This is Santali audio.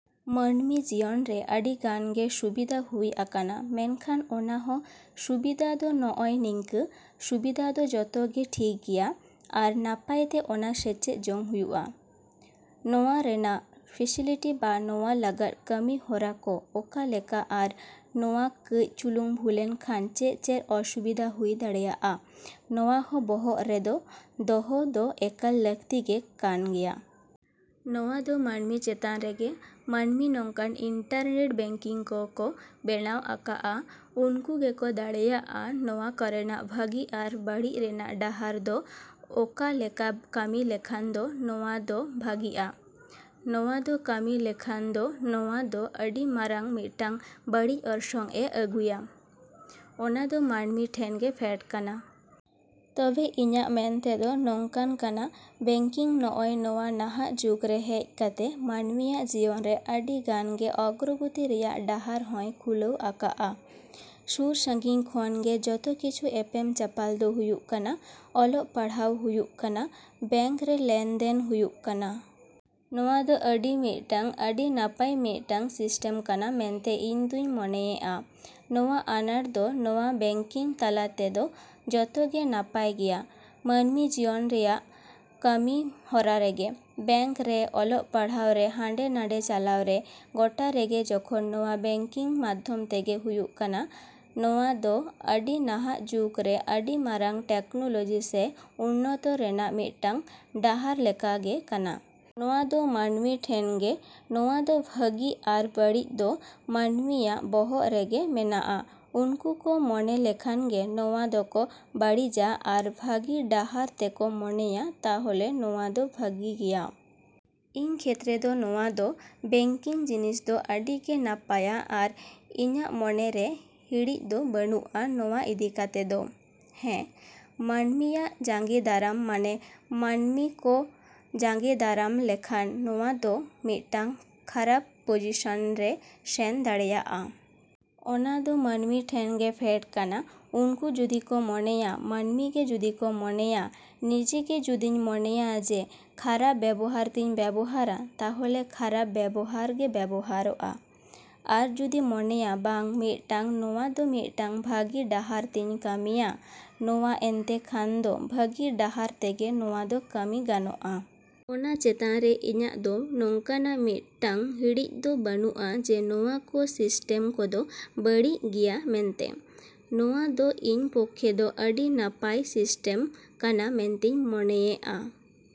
ᱢᱟᱹᱱᱢᱤ ᱡᱤᱭᱚᱱ ᱨᱮ ᱟᱹᱰᱤ ᱜᱟᱱ ᱜᱮ ᱥᱩᱵᱤᱫᱟ ᱦᱩᱭ ᱟᱠᱟᱱᱟ᱾ ᱢᱮᱱᱠᱷᱟᱱ ᱚᱱᱟ ᱦᱚᱸ ᱥᱩᱵᱤᱫᱟ ᱫᱚ ᱱᱚᱜᱼᱚᱭ ᱱᱤᱝᱠᱟᱹ ᱥᱩᱵᱤᱫᱟ ᱫᱚ ᱡᱚᱛᱚ ᱜᱮ ᱴᱷᱤᱠ ᱜᱮᱭᱟ, ᱟᱨ ᱱᱟᱯᱟᱭ ᱛᱮ ᱚᱱᱟ ᱥᱮᱪᱮᱫ ᱡᱚᱝ ᱦᱩᱭᱩᱜᱼᱟ᱾ ᱱᱚᱣᱟ ᱨᱮᱱᱟᱜ ᱯᱷᱮᱥᱮᱞᱤᱴᱤ ᱵᱟ ᱱᱚᱣᱟ ᱞᱟᱜᱟᱫ ᱠᱟᱹᱢᱤ ᱦᱚᱨᱟ ᱠᱚ ᱚᱠᱟ ᱞᱮᱠᱟ ᱟᱨ ᱱᱚᱣᱟ ᱠᱟᱹᱡ ᱪᱩᱞᱩᱝ ᱵᱷᱩᱞᱮᱱ ᱠᱷᱟᱱ ᱪᱮᱫᱼᱪᱮᱫ ᱚᱥᱩᱵᱤᱫᱟ ᱦᱩᱭ ᱫᱟᱲᱮᱭᱟᱜᱼᱟ, ᱱᱚᱣᱟ ᱦᱚᱸ ᱵᱚᱦᱚᱜ ᱨᱮᱫᱚ ᱫᱚᱦᱚ ᱫᱚ ᱮᱠᱟᱞ ᱞᱟᱹᱠᱛᱤ ᱜᱮ ᱠᱟᱱ ᱜᱮᱭᱟ᱾ ᱱᱚᱣᱟ ᱫᱚ ᱢᱟᱹᱱᱢᱤ ᱪᱮᱛᱟᱱ ᱨᱮᱜᱮ᱾ ᱢᱟᱹᱱᱢᱤ ᱱᱚᱝᱠᱟᱱ ᱤᱱᱴᱟᱨᱱᱮᱴ ᱵᱮᱝᱠᱤᱝ ᱠᱚ ᱠᱚ ᱵᱮᱱᱟᱣ ᱟᱠᱟᱜᱼᱟ, ᱩᱱᱠᱩ ᱜᱮᱠᱚ ᱫᱟᱲᱮᱭᱟᱜᱼᱟ ᱱᱚᱣᱟ ᱠᱚᱨᱮᱱᱟᱜ ᱵᱷᱟᱹᱜᱤ ᱟᱨ ᱵᱟᱹᱲᱤᱡ ᱨᱮᱱᱟᱜ ᱰᱟᱦᱟᱨ ᱫᱚ ᱚᱠᱟ ᱞᱮᱠᱟ ᱠᱟᱹᱢᱤ ᱞᱮᱠᱷᱟᱱ ᱫᱚ ᱱᱚᱣᱟ ᱫᱚ ᱵᱷᱟᱹᱜᱤᱜᱼᱟ, ᱱᱚᱣᱟ ᱫᱚ ᱠᱟᱹᱢᱤ ᱞᱮᱠᱷᱟᱱ ᱫᱚ ᱱᱚᱣᱟ ᱫᱚ ᱟᱹᱰᱤ ᱢᱟᱨᱟᱝ ᱢᱤᱫᱴᱟᱝ ᱵᱟᱹᱲᱤᱡ ᱚᱨᱥᱚᱝ ᱮ ᱟᱹᱜᱩᱭᱟ, ᱚᱱᱟ ᱫᱚ ᱢᱟᱹᱱᱢᱤ ᱴᱷᱮᱱ ᱜᱮ ᱯᱷᱮᱰ ᱠᱟᱱᱟ᱾ ᱛᱚᱵᱮ ᱤᱧᱟᱹᱜ ᱢᱮᱱ ᱛᱮᱫᱚ ᱱᱚᱝᱠᱟᱱ ᱠᱟᱱᱟ, ᱵᱮᱝᱠᱤᱝ ᱱᱚᱜᱼᱚᱭ ᱱᱚᱣᱟ ᱱᱟᱦᱟᱜ ᱡᱩᱜᱽ ᱨᱮ ᱦᱮᱡ ᱠᱟᱛᱮ ᱢᱟᱹᱱᱢᱤᱭᱟᱜ ᱡᱤᱭᱚᱱ ᱨᱮ ᱟᱹᱰᱤ ᱜᱟᱱ ᱜᱮ ᱚᱜᱨᱚᱜᱚᱛᱤ ᱨᱮᱭᱟᱜ ᱰᱟᱦᱟᱨ ᱦᱚᱸᱭ ᱠᱷᱩᱞᱟᱹᱣ ᱟᱠᱟᱜᱼᱟ᱾ ᱥᱩᱨᱼᱥᱟᱺᱜᱤᱧ ᱠᱷᱚᱱ ᱜᱮ ᱡᱚᱛᱚ ᱠᱤᱪᱷᱩ ᱮᱯᱮᱢ ᱪᱟᱯᱟᱞ ᱫᱚ ᱦᱩᱭᱩᱜ ᱠᱟᱱᱟ, ᱚᱞᱚᱜ ᱯᱟᱲᱦᱟᱣ ᱦᱩᱭᱩᱜ ᱠᱟᱱᱟ, ᱵᱮᱝᱠ ᱨᱮ ᱞᱮᱱ ᱫᱮᱱ ᱦᱩᱭᱩᱜ ᱠᱟᱱᱟ᱾ ᱱᱚᱣᱟ ᱫᱚ ᱟᱹᱰᱤ ᱢᱤᱫᱴᱟᱹᱝ ᱟᱹᱰᱤ ᱱᱟᱯᱟᱭ ᱢᱤᱫᱴᱟᱹᱝ ᱥᱤᱥᱴᱮᱢ ᱠᱟᱱᱟ ᱢᱮᱱᱛᱮ ᱤᱧ ᱫᱩᱧ ᱢᱚᱱᱮᱭᱮᱜᱼᱟ᱾ ᱱᱚᱣᱟ ᱟᱱᱟᱴ ᱫᱚ ᱱᱚᱣᱟ ᱵᱮᱝᱠᱤᱝ ᱛᱟᱞᱟ ᱛᱮᱫᱚ ᱡᱚᱛᱚ ᱜᱮ ᱱᱟᱯᱟᱭ ᱜᱮᱭᱟ᱾ ᱢᱟᱹᱱᱢᱤ ᱡᱤᱭᱚᱱ ᱨᱮᱭᱟᱜ ᱠᱟᱹᱢᱤ ᱦᱚᱨᱟ ᱨᱮᱜᱮ, ᱵᱮᱝᱠ ᱨᱮ, ᱚᱞᱚᱜ ᱯᱟᱲᱦᱟᱣ ᱨᱮ, ᱦᱟᱸᱰᱮ-ᱱᱟᱰᱮ ᱪᱟᱞᱟᱣ ᱨᱮ, ᱜᱚᱴᱟ ᱨᱮᱜᱮ ᱡᱚᱠᱷᱚᱱ ᱱᱚᱣᱟ ᱵᱮᱝᱠᱤᱝ ᱢᱟᱫᱷᱚᱢ ᱛᱮᱜᱮ ᱦᱩᱭᱩᱜ ᱠᱟᱱᱟ, ᱱᱚᱣᱟ ᱫᱚ ᱟᱹᱰᱤ ᱱᱟᱦᱟᱜ ᱡᱩᱜᱽ ᱨᱮ ᱟᱹᱰᱤ ᱢᱟᱨᱟᱝ ᱴᱮᱠᱱᱚᱞᱚᱡᱤ ᱥᱮ ᱩᱱᱱᱚᱛᱚ ᱨᱮᱱᱟᱜ ᱢᱤᱫᱴᱟᱝ ᱰᱟᱦᱟᱨ ᱞᱮᱠᱟ ᱜᱮ ᱠᱟᱱᱟ᱾ ᱱᱚᱣᱟ ᱫᱚ ᱢᱟᱹᱱᱢᱤ ᱴᱷᱮᱱ ᱜᱮ᱾ ᱱᱚᱣᱟ ᱫᱚ ᱵᱷᱟᱹᱜᱤ ᱟᱨ ᱵᱟᱹᱲᱤᱡ ᱫᱚ ᱢᱟᱹᱱᱢᱤᱭᱟᱜ ᱵᱚᱦᱚᱜ ᱨᱮᱜᱮ ᱢᱮᱱᱟᱜᱼᱟ᱾ ᱩᱱᱠᱩ ᱠᱚ ᱢᱚᱱᱮ ᱞᱮᱠᱷᱟᱱ ᱜᱮ ᱱᱚᱣᱟ ᱫᱚᱠᱚ ᱵᱟᱹᱲᱤᱡᱟ ᱟᱨ ᱵᱷᱟᱹᱜᱤ ᱰᱟᱦᱟᱨ ᱛᱮᱠᱚ ᱢᱚᱱᱮᱭᱟ ᱛᱟᱦᱚᱞᱮ ᱱᱚᱣᱟ ᱫᱚ ᱵᱷᱟᱹᱜᱤ ᱜᱮᱭᱟ᱾ ᱤᱧ ᱠᱷᱮᱛᱨᱮ ᱫᱚ ᱱᱚᱣᱟ ᱫᱚ ᱵᱮᱝᱠᱤᱝ ᱡᱤᱱᱤᱥ ᱫᱚ ᱟᱹᱰᱤ ᱜᱮ ᱱᱟᱯᱟᱭᱟ ᱟᱨ ᱤᱧᱟᱹᱜ ᱢᱚᱱᱮ ᱨᱮ ᱦᱤᱲᱤᱡ ᱫᱚ ᱵᱟᱹᱱᱩᱜᱼᱟ ᱱᱚᱣᱟ ᱤᱫᱤ ᱠᱟᱛᱮ ᱫᱚ᱾ ᱦᱮᱸ, ᱢᱟᱹᱱᱢᱤᱭᱟᱜ ᱡᱟᱸᱜᱮᱫᱟᱨᱟᱢ ᱢᱟᱱᱮ ᱢᱟᱹᱱᱢᱤ ᱠᱚ ᱡᱟᱸᱜᱮᱫᱟᱨᱟᱢ ᱞᱮᱠᱷᱟᱱ ᱱᱚᱣᱟ ᱫᱚ ᱢᱤᱫᱴᱟᱝ ᱠᱷᱟᱨᱟᱯ ᱯᱚᱡᱤᱥᱚᱱ ᱨᱮ ᱥᱮᱱ ᱫᱟᱲᱮᱭᱟᱜᱼᱟ᱾ ᱚᱱᱟ ᱫᱚ ᱢᱟᱹᱱᱢᱤ ᱴᱷᱮᱱ ᱜᱮ ᱯᱷᱮᱰ ᱠᱟᱱᱟ᱾ ᱩᱱᱠᱩ ᱡᱩᱫᱤ ᱠᱚ ᱢᱚᱱᱮᱭᱟ, ᱢᱟᱹᱱᱢᱤ ᱜᱮ ᱡᱩᱫᱤ ᱠᱚ ᱢᱚᱱᱮᱭᱟ, ᱱᱤᱡᱮ ᱜᱮ ᱡᱩᱫᱤᱧ ᱢᱚᱱᱮᱭᱟ ᱡᱮ ᱠᱷᱟᱨᱟᱯ ᱵᱮᱵᱚᱦᱟᱨ ᱛᱮᱧ ᱵᱮᱵᱚᱦᱟᱨᱟ, ᱛᱟᱦᱚᱞᱮ ᱠᱷᱟᱨᱟᱯ ᱵᱮᱵᱚᱦᱟᱨ ᱜᱮ ᱵᱮᱵᱚᱦᱟᱨᱚᱜᱼᱟ᱾ ᱟᱨ ᱡᱩᱫᱤ ᱢᱚᱱᱮᱭᱟ ᱵᱟᱝ ᱢᱤᱫᱴᱟᱹᱝ ᱱᱚᱣᱟ ᱫᱚ ᱢᱤᱫᱴᱟᱝ ᱵᱷᱟᱹᱜᱤ ᱰᱟᱦᱟᱨ ᱛᱮᱧ ᱠᱟᱹᱢᱤᱭᱟ, ᱱᱚᱣᱟ ᱮᱱᱛᱮ ᱠᱷᱟᱱ ᱫᱚ ᱵᱷᱟᱹᱜᱤ ᱰᱟᱦᱟᱨ ᱛᱮᱜᱮ ᱱᱚᱣᱟ ᱫᱚ ᱠᱟᱹᱢᱤ ᱜᱟᱱᱚᱜᱼᱟ᱾ ᱚᱱᱟ ᱪᱮᱛᱟᱱ ᱨᱮ ᱤᱧᱟᱹᱜ ᱫᱚ ᱱᱚᱝᱠᱟᱱᱟᱜ ᱢᱤᱫᱴᱟᱝ ᱦᱤᱲᱤᱡ ᱫᱚ ᱵᱟᱹᱱᱩᱜᱼᱟ ᱡᱮ ᱱᱚᱣᱟ ᱠᱚ ᱥᱤᱥᱴᱮᱢ ᱠᱚᱫᱚ ᱵᱟᱹᱲᱤᱡ ᱜᱮᱭᱟ ᱢᱮᱱᱛᱮ᱾ ᱱᱚᱣᱟ ᱫᱚ ᱤᱧ ᱯᱚᱠᱷᱮ ᱫᱚ ᱟᱹᱰᱤ ᱱᱟᱯᱟᱭ ᱥᱤᱥᱴᱮᱢ ᱠᱟᱱᱟ ᱢᱮᱱᱛᱤᱧ ᱢᱚᱱᱮᱭᱮᱜᱼᱟ।